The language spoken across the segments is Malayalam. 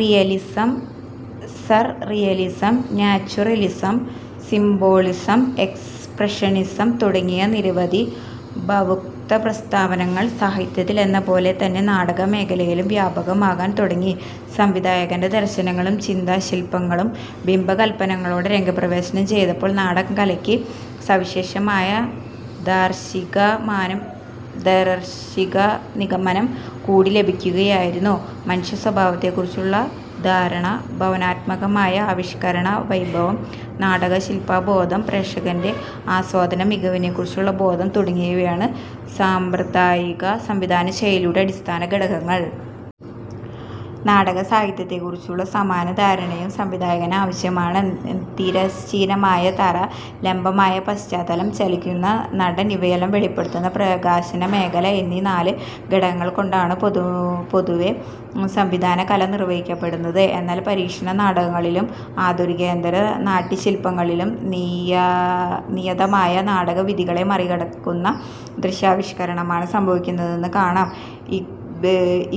Realism, surrealism, naturalism, symbolism, expressionism തുടങ്ങിയ നിരവധി ഭാവുകത്വപ്രസ്ഥാനങ്ങൾ സാഹിത്യത്തിലെന്നപോലെ തന്നെ നാടകമേഖലയിലും വ്യാപകമാകാൻ തുടങ്ങി. സംവിധായകൻ്റെ ദർശനങ്ങളും ചിന്താശില്പങ്ങളും ബിംബകല്പനകളോടെ രംഗപ്രവേശം ചെയ്തപ്പോൾ നാടകകലയ്ക്ക് സവിശേഷമായ ദാർശനികമാനം കൂടി ലഭിക്കുകയായിരുന്നു. മനുഷ്യസ്വഭാവത്തെക്കുറിച്ചുള്ള ധാരണ, ഭാവനാത്മകമായ ആവിഷ്കാര വൈഭവം, നാടകശില്പബോധം, പ്രേക്ഷകൻ്റെ ആസ്വാദന മികവിനെക്കുറിച്ചുള്ള ബോധം തുടങ്ങിയവയാണ് സാമ്പ്രദായിക സംവിധാനശൈലിയുടെ അടിസ്ഥാനഘടകങ്ങൾ. നാടകസാഹിത്യത്തെക്കുറിച്ചുള്ള സാമാന്യധാരണയും സംവിധായകന് ആവശ്യമാണ്. തിരശ്ചീനമായ തറ, ലംബമായ പശ്ചാത്തലം, ചലിക്കുന്ന നടൻ ഇവയെല്ലാം വെളിപ്പെടുന്ന പ്രകാശനമേഖല എന്നീ നാല് ഘടകങ്ങളെക്കൊണ്ടാണ് പൊതുവേ, സംവിധാനകല നിർവഹിക്കപ്പെടുന്നത്. എന്നാൽ പരീക്ഷണ നാടകങ്ങളിലും ആധുനികോത്തര നാട്യശില്പങ്ങളിലും നിയതമായ നാടകവിധികളെ മറികടക്കുന്ന ദൃശ്യാവിഷ്കാരമാണ് സംഭവിക്കുന്നതെന്ന് കാണാം.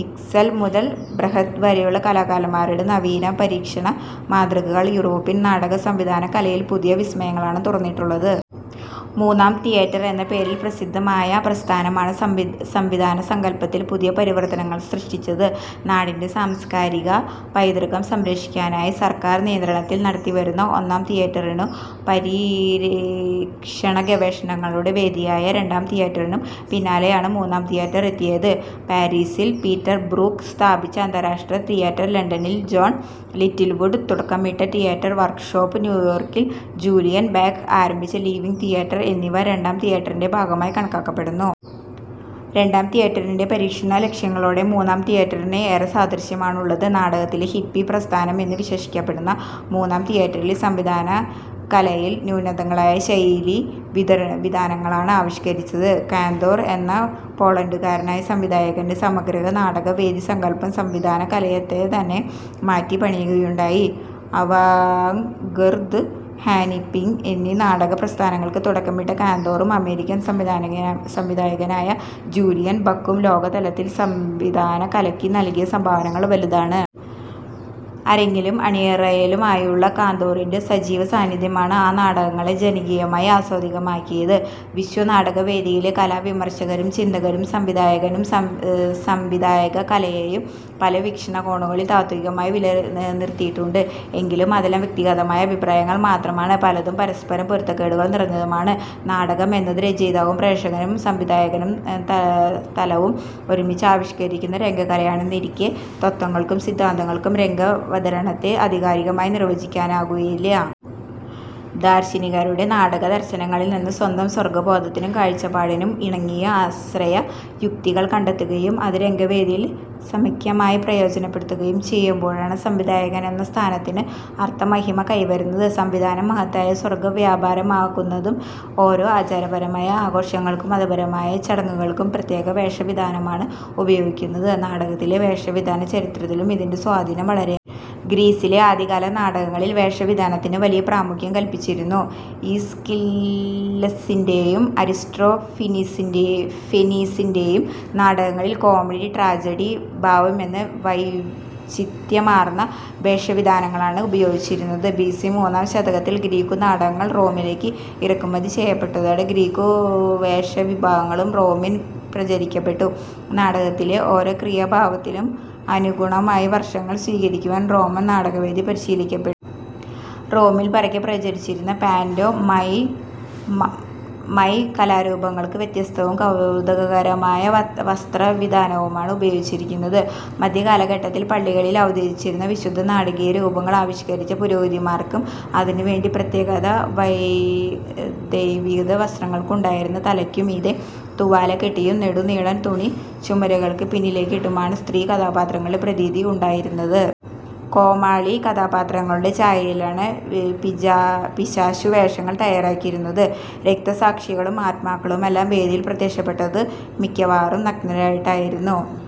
ഇബ്സൻ മുതൽ ബ്രഹ്ത് വരെയുള്ള കലാകാരന്മാരുടെ നവീന പരീക്ഷണ മാതൃകകൾ യൂറോപ്യൻ നാടക സംവിധാനകലയിൽ പുതിയ വിസ്മയങ്ങളാണ് തുറന്നിട്ടത്. 'മൂന്നാം തിയേറ്റർ' എന്ന പേരിൽ പ്രസിദ്ധമായ പ്രസ്ഥാനമാണ് സംവിധാനസങ്കല്പത്തിൽ പുതിയ പരിവർത്തനങ്ങൾ സൃഷ്ടിച്ചത്. നാടിൻ്റെ സംസ്കാരിക പൈതൃകം സംരക്ഷിക്കാനായി സർക്കാർ നിയന്ത്രണത്തിൽ നടത്തിവരുന്ന 'ഒന്നാം തിയേറ്ററി'നും പരീക്ഷണഗവേഷണങ്ങളുടെ വേദിയായ 'രണ്ടാം തിയേറ്ററി'നും പിന്നാലെയാണ് 'മൂന്നാം തിയേറർ' എത്തിയത്. പാരിസിൽ പീറ്റർബ്രൂക്ക് സ്ഥാപിച്ച അന്താരാഷ്ട്ര തിയേറ്റർ, ലണ്ടനിൽ ജോൺ ലിറ്റിൽവുഡ് തുടക്കമിട്ട തിയേറ്റർ വർക്ക്ഷോപ്പ്, ന്യൂയോർക്കിൽ ജൂലിയൻ ബക്ക് ആരംഭിച്ച 'ലിവിങ് തിയേറ്റർ' എന്നിവ 'രണ്ടാം തിയേറ്ററി'ൻ്റെ ഭാഗമായി കണക്കാക്കപ്പെടുന്നു. രണ്ടാം തിയേറ്ററിൻ്റെ പരീക്ഷണ ലക്ഷ്യങ്ങളോടാണ് മൂന്നാം തിയേറ്ററിന് ഏറെ സാദൃശ്യമുള്ളത്. 'നാടകത്തിലെ ഹിപ്പി പ്രസ്ഥാനം' എന്ന് വിശേഷിപ്പിക്കപ്പെടുന്ന മൂന്നാം തിയേറ്റർ, സംവിധാനകലയിൽ നൂതനങ്ങളായ ശൈലീവിതാനങ്ങളാണ് ആവിഷ്കരിച്ചത്. കാന്തോർ എന്ന പോളണ്ടുകാരനായ സംവിധായകൻ്റെ 'സമഗ്രനാടകവേദി' സങ്കല്പം സംവിധാനകലയെത്തന്നെ മാറ്റിപ്പണിയുകയുണ്ടായി. അവാങ്ഗാർദ്, ഹാപ്പെനിങ് എന്നീ നാടകപ്രസ്ഥാനങ്ങൾക്ക് തുടക്കമിട്ട കാന്തോറും അമേരിക്കൻ സംവിധായകനായ ജൂലിയൻ ബക്കും ലോകതലത്തിൽ സംവിധാനകലയ്ക്ക് നൽകിയ സംഭാവനകൾ വലുതാണ്. അരങ്ങിലും അണിയറയിലുമുള്ള കാന്തോറിൻ്റെ സജീവസാന്നിധ്യമാണ് ആ നാടകങ്ങളെ ജനകീയവും ആസ്വാദ്യവുമാക്കിയത്. വിശ്വനാടകവേദിയിലെ കലാവിമർശകരും ചിന്തകരും സംവിധായകനെയും സംവിധാനകലയെയും പല വീക്ഷണകോണുകളിൽ താത്ത്വികമായി വിലയിരുത്തിയിട്ടുണ്ട്. എങ്കിലും അതെല്ലാം വ്യക്തിഗതമായ അഭിപ്രായങ്ങൾ മാത്രമാണ്. പലതും പരസ്പരം പൊരുത്തക്കേടുകൾ നിറഞ്ഞതുമാണ്. നാടകമെന്നത് രചയിതാവും പ്രേക്ഷകനും സംവിധായകനും സ്ഥലവും ഒരുമിച്ച് ആവിഷ്കരിക്കുന്ന രംഗകലയാണെന്നിരിക്കെ, തത്ത്വങ്ങൾക്കും സിദ്ധാന്തങ്ങൾക്കും രംഗാവതരണത്തെ ആധികാരികമായി നിർവചിക്കാനാവുകയില്ല. ദാർശനികരുടെ നാടകദർശനങ്ങളിൽ നിന്ന് സ്വന്തം സർഗബോധത്തിനും കാഴ്ചപ്പാടിനും ഇണങ്ങിയ ആശയയുക്തികൾ കണ്ടെത്തുകയും അത് രംഗവേദിയിൽ സമ്യക്കായി പ്രയോജനപ്പെടുത്തുകയും ചെയ്യുമ്പോഴാണ് സംവിധായകൻ എന്ന സ്ഥാനത്തിന് അർഥമഹിമ കൈവരുന്നത്; സംവിധാനം മഹത്തായ സർഗവ്യാപാരമാകുന്നത്. ഓരോ ആചാരപരമായ ആഘോഷങ്ങൾക്കും മതപരമായ ചടങ്ങുകൾക്കും പ്രത്യേക വേഷവിധാനമാണ് ഉപയോഗിക്കുന്നത്. നാടകത്തിലെ വേഷവിധാന ചരിത്രത്തിലും ഇതിൻ്റെ സ്വാധീനം വളരെയാണ്. ഗ്രീസിലെ ആദ്യകാല നാടകങ്ങളിൽ, വേഷവിധാനത്തിന് വലിയ പ്രാമുഖ്യം കൽപ്പിച്ചിരുന്നു. ഈസ്കില്ലസിൻ്റെയും അരിസ്റ്റോഫെനീസിൻ്റെയും നാടകങ്ങളിൽ കോമഡി-ട്രാജഡി ഭേദമെന്യേ വൈചിത്ര്യമാർന്ന വേഷ വിധാനങ്ങളാണ് ഉപയോഗിച്ചിരുന്നത്. ബിസി മൂന്നാം ശതകത്തിൽ ഗ്രീക്കു നാടകങ്ങൾ റോമിലേക്ക് ഇറക്കുമതി ചെയ്യപ്പെട്ടതോടെ ഗ്രീക്കുവേഷവിധാനങ്ങളും റോമിൽ പ്രചരിക്കപ്പെട്ടു. നാടകത്തിലെ ഓരോ ക്രിയാഭാവത്തിനും അനുഗുണമായി വർണങ്ങൾ സ്വീകരിക്കുവാൻ റോമൻ നാടകവേദി പരിശീലിക്കപ്പെട്ടു. റോമിൽ പരക്കെ പ്രചരിച്ചിരുന്ന പാന്റോ മൈം, മൈം കലാരൂപങ്ങൾക്കും, വ്യത്യസ്തവും കൗതുകകരവുമായ വസ്ത്രവിധാനമാണ് ഉപയോഗിച്ചിരുന്നത്. മധ്യകാലഘട്ടത്തിൽ പള്ളികളിൽ അവതരിപ്പിച്ചിരുന്ന വിശുദ്ധ നാടകീയ രൂപങ്ങൾ ആവിഷ്കരിച്ച പുരോഹിതന്മാർക്ക്, അതിനുവേണ്ടി പ്രത്യേക ദൈവിക വസ്ത്രങ്ങളുണ്ടായിരുന്നു. തലയ്ക്കു മീതെ തൂവാല കെട്ടിയും നെടുനീളൻ തുണി ചുമലുകൾക്ക് പിന്നിലേക്കിട്ടുമാണ് സ്ത്രീ കഥാപാത്രങ്ങളുടെ പ്രതീതി ഉണ്ടാക്കിയിരുന്നത്. കോമാളി കഥാപാത്രങ്ങളുടെ ഛായയിലാണ് പിശാചുവേഷങ്ങൾ തയ്യാറാക്കിയിരുന്നത്. രക്തസാക്ഷികളും ആത്മാക്കളുമെല്ലാം വേദിയിൽ പ്രത്യക്ഷപ്പെട്ടത് മിക്കവാറും നഗ്നരായിട്ടായിരുന്നു.